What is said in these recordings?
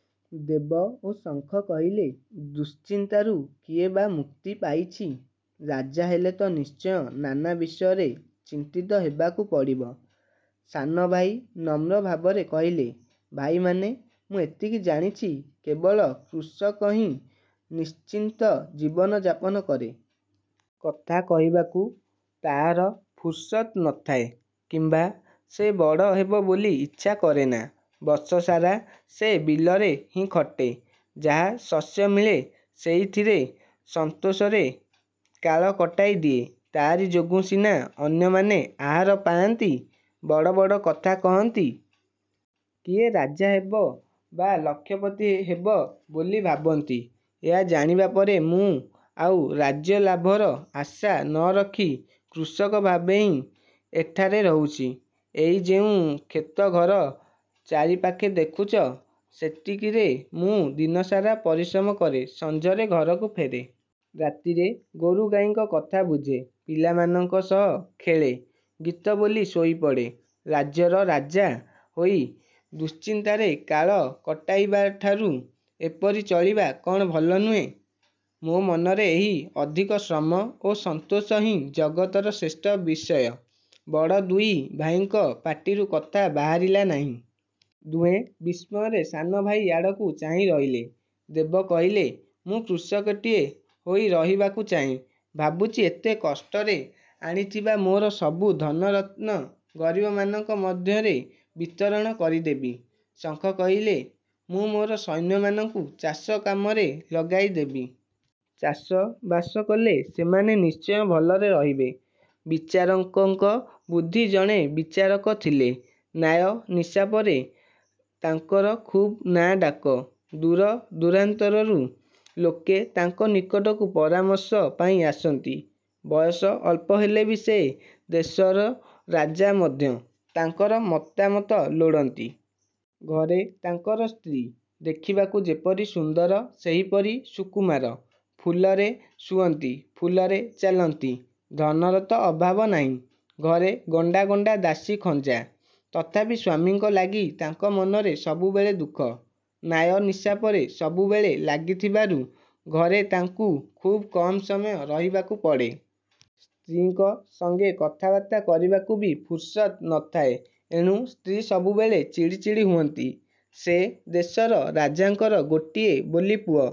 '' ଦେବ ଓ ଶଙ୍ଖ କହିଲେ- ''ଦୁଶ୍ଚିନ୍ତାରୁ କିଏ ବା ମୁକ୍ତି ପାଇଛି? ରାଜା ହେଲେ ତ ନିଶ୍ଚୟ ନାନା ବିଷୟରେ ଚିନ୍ତିତ ହେବାକୁ ପଡ଼ିବ। '' ସାନ ଭାଇ ନମ୍ର ଭାବରେ କହିଲେ- ''ଭାଇମାନେ! ମୁଁ ଏତିକି ଜାଣିଛି, କେବଳ କୃଷକହିଁ ନିଶ୍ଚିନ୍ତ ଜୀବନ ଯାପନକରେ। କଥା କହିବାକୁ ତା'ର ଫୁରୁସତ୍ ନଥାଏ କିମ୍ବା ସେ ବଡ଼ ହେବ ବୋଲି ଇଚ୍ଛା କରେନା। ବର୍ଷସାରା ସେ ବିଲରେ ହିଁ ଖଟେ-ଯାହା ଶସ୍ୟ ମିଳେ ସେଇଥିରେ ସନ୍ତୋଷରେ କାଳ କଟାଇ ଦିଏ। ତା'ରି ଯୋଗୁଁ ସିନା ଅନ୍ୟମାନେ ଆହାର ପାଆନ୍ତି, ବଡ଼ ବଡ଼ କଥା କହନ୍ତି। କିଏ ରାଜା ହେବ ବା ଲକ୍ଷପତି ହେବ ବୋଲି ଭାବନ୍ତି, ଏହା ଜାଣିବା ପରେ ମୁଁ ଆଉ ରାଜ୍ୟଲାଭର ଆଶା ନରଖି କୃଷକ ଭାବେହିଁ ଏଠାରେ ରହୁଛି। ଏଇ ଯେଉଁ କ୍ଷେତ ଘର ଚାରିପାଖେ ଦେଖୁଛ, ସେତିକିରେ ମୁଁ ଦିନସାରା ପରିଶ୍ରମ କରେ। ସଞ୍ଜରେ ଘରକୁ ଫେରେ। ରାତିରେ ଗୋରୁଗାଈଙ୍କ କଥା ବୁଝେ। ପିଲାମାନଙ୍କ ସହ ଖେଳେ। ଗୀତ ବୋଲି ଶୋଇପଡ଼େ। ରାଜ୍ୟର ରାଜା ହୋଇ ଦୁଶ୍ଚିନ୍ତାରେ କାଳ କଟାଇବାଠାରୁ ଏପରି ଚଳିବା କ'ଣ ଭଲ ନୁହେଁ? ମୋ ମନରେ ଏହି ଅଧିକ ଶ୍ରମ ଓ ସନ୍ତୋଷ ହିଁ ଜଗତର ଶ୍ରେଷ୍ଠ ବିଷୟ। '' ବଡ଼ ଦୁଇ ଭାଇଙ୍କ ପାଟିରୁ କଥା ବହାରିଲା ନାହିଁ। ଦୁହେଁ ବିସ୍ମୟରେ ସାନ ଭାଇ ଆଡ଼କୁ ଚାହିଁ ରହିଲେ। ଦେବ କହିଲେ-''ମୁଁ କୃଷକଟିଏ ହୋଇ ରହିବାକୁ ଚାହେଁ। ଭାବୁଛି ଏତେ କଷ୍ଟରେ ଆଣିଥିବା ମୋର ସବୁ ଧନ ରତ୍ନ ଗରିବମାନଙ୍କ ମଧ୍ୟରେ ବିତରଣ କରିଦେବି। ଶଙ୍ଖ କହିଲେ- ''ମୁଁ ମୋର ସୈନ୍ୟମାନଙ୍କୁ ଚାଷ କାମରେ ଲଗାଇଦେବି। ଚାଷ ବାସ କଲେ ସେମାନେ ନିଶ୍ଚୟ ଭଲରେ ରହିବେ। '' ବିଚାରକଙ୍କ ବୁଦ୍ଧି ଜଣେ ବିଚାରକ ଥିଲେ। ନ୍ୟାୟ ନିଶାପରେ ତାଙ୍କର ଖୁବ୍ ନାଁ ଡାକ। ଦୂରଦୂରାନ୍ତରରୁ ଲୋକେ ତାଙ୍କ ନିକଟକୁ ପରାମର୍ଶ ପାଇଁ ଆସନ୍ତି। ବୟସ ଅଳ୍ପ ହେଲେ ବି ସେ ଦେଶର ରାଜା ମଧ୍ୟ ତାଙ୍କର ମତାମତ ଲୋଡ଼ନ୍ତି। ଘରେ ତାଙ୍କର ସ୍ତ୍ରୀ। ଦେଖିବାକୁ ଯେପରି ସୁନ୍ଦର ସେହିପରି ସୁକୁମାର। ଫୁଲରେ ଶୁଅନ୍ତି, ଫୁଲରେ ଚାଲନ୍ତି। ଧନର ତ ଅଭାବ ନାହିଁ। ଘରେ ଗଣ୍ଡା ଗଣ୍ଡା ଦାସୀ ଖଞ୍ଜା। ତଥାପି ସ୍ୱାମୀଙ୍କ ଲାଗି ତାଙ୍କ ମନରେ ସବୁବେଳେ ଦୁଃଖ। ନ୍ୟାୟ ନିଶାପରେ ସବୁବେଳେ ଲାଗିଥିବାରୁ ଘରେ ତାଙ୍କୁ ଖୁବ୍ କମ୍ ସମୟ ରହିବାକୁ ପଡ଼େ। ସ୍ତ୍ରୀଙ୍କ ସଙ୍ଗେ କଥାବର୍ତ୍ତା କରିବାକୁ ବି ଫୁରୁସତ୍ ନଥାଏ। ଏଣୁ ସ୍ତ୍ରୀ ସବୁବେଳେ ଚିଡ଼ି ଚିଡ଼ି ହୁଅନ୍ତି। ସେ ଦେଶର ରାଜାଙ୍କର ଗୋଟିଏ ବୋଲି ପୁଅ;।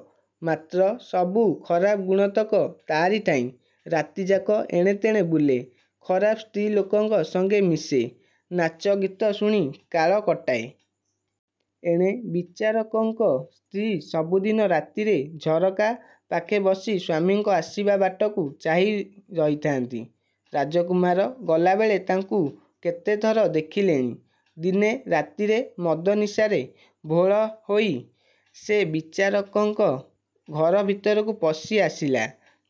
ମାତ୍ର ସବୁ ଖରାପ ଗୁଣତକ ତାରିଠାଇଁ। ରାତିଯାକ ଏଣେ ତେଣେ ବୁଲେ। ଖରାପ ସ୍ତ୍ରୀ ଲୋକଙ୍କ ସଙ୍ଗେ ମିଶେ; ନାଚ ଗୀତ ଶୁଣି କାଳ କଟାଏ। ଏଣେ ବିଚାରକଙ୍କ ସ୍ତ୍ରୀ ସବୁଦିନ ରାତିରେ ଝରକା ପାଖେ ବସି ସ୍ୱାମୀଙ୍କ ଆସିବା ବାଟକୁ ଚାହିଁ ରହିଥାନ୍ତି। ରାଜକୁମାର ଗଲାବେଳେ ତାଙ୍କୁ କେତେଥର ଦେଖିଲେଣି। ଦିନେ ରାତିରେ ମଦନିଶାରେ ଭୋଳ ହୋଇ ସେ ବିଚାରକଙ୍କ ଘର ଭିତରକୁ ପଶିଆସିଲା।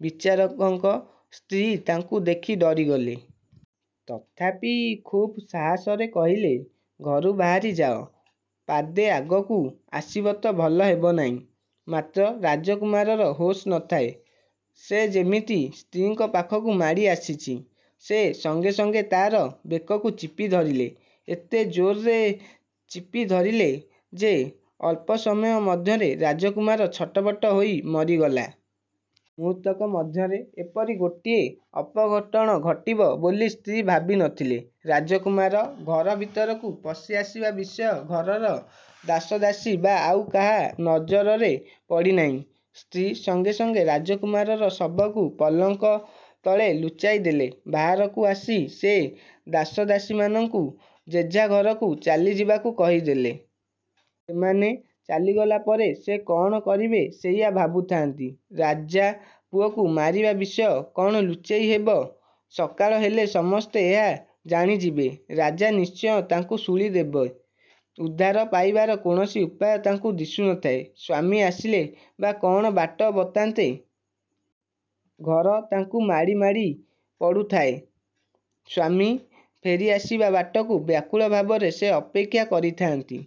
ବିଚାରକଙ୍କ ସ୍ତ୍ରୀ ତାଙ୍କୁ ଦେଖି ଡରିଗଲେ। ତଥାପି ଖୁବ୍ ସାହସରେ କହିଲେ- ''ଘରୁ ବାହାରି ଯାଅ, ପାଦେ ଆଗକୁ ଆସିବତ ଭଲ ହେବନାହିଁ। ' ମାତ୍ର ରାଜକୁମାରର ହୋସ୍ ନଥାଏ, ସେ ଯେମିତି ସ୍ତ୍ରୀଙ୍କ ପାଖକୁ ମାଡ଼ି ଆସିଛି, ସେ ସଙ୍ଗେ ସଙ୍ଗେ ତା'ର ବେକକୁ ଚିପି ଧରିଲେ। ଏତେ ଜୋର୍ରେ ଚିପିଧରିଲେ ଯେ, ଅଳ୍ପ ସମୟ ମଧ୍ୟରେ ରାଜକୁମାର ଛଟପଟ ହୋଇ ମରିଗଲା। ମୁହୂର୍ତ୍ତକ ମଧ୍ୟରେ ଏପରି ଗୋଟିଏ ଅଘଟଣ ଘଟିବ ବୋଲି ସ୍ତ୍ରୀ ଭାବି ନଥିଲେ। ରାଜକୁମାର ଘର ଭିତରକୁ ପଶିଆସିବା ବିଷୟ ଘରର ଦାସ ଦାସୀ ବା ଆଉ କାହା ନଜରରେ ପଡ଼ିନାହିଁ। ସ୍ତ୍ରୀ ସଙ୍ଗେ ସଙ୍ଗେ ରାଜକୁମାରର ଶବକୁ ପଲଙ୍କ ତଳେ ଲୁଚାଇଦେଲେ। ବାହାରକୁ ଆସି ସେ ଦାସଦାସୀମାନଙ୍କୁ ଯେଝା ଘରକୁ ଚାଲିଯିବାକୁ କହିଦେଲେ। ସେମାନେ ଚାଲିଗଲା ପରେ ସେ କ'ଣ କରିବେ ସେଇଆ ଭାବୁଥାନ୍ତି। ରାଜାପୁଅକୁ ମାରିବା ବିଷୟ କ'ଣ ଲୁଚେଇ ହେବ? ସକାଳ ହେଲେ ସମସ୍ତେ ଏହା ଜାଣିଯିବେ। ରାଜା ନିଶ୍ଚୟ ତାଙ୍କୁ ଶୂଳିଦେବେ। ଉଦ୍ଧାର ପାଇବାର କୌଣସି ଉପାୟ ତାଙ୍କୁ ଦିଶୁନଥାଏ। ସ୍ୱାମୀ ଆସିଲେ ବା କ'ଣ ବାଟ ବତାନ୍ତେ। ଘର ତାଙ୍କୁ ମାଡ଼ି ମାଡ଼ି ପଡ଼ୁଥାଏ। ସ୍ୱାମୀ ଫେରିଆସିବା ବାଟକୁ ବ୍ୟାକୁଳ ଭାବରେ ସେ ଅପେକ୍ଷା କରିଥାନ୍ତି।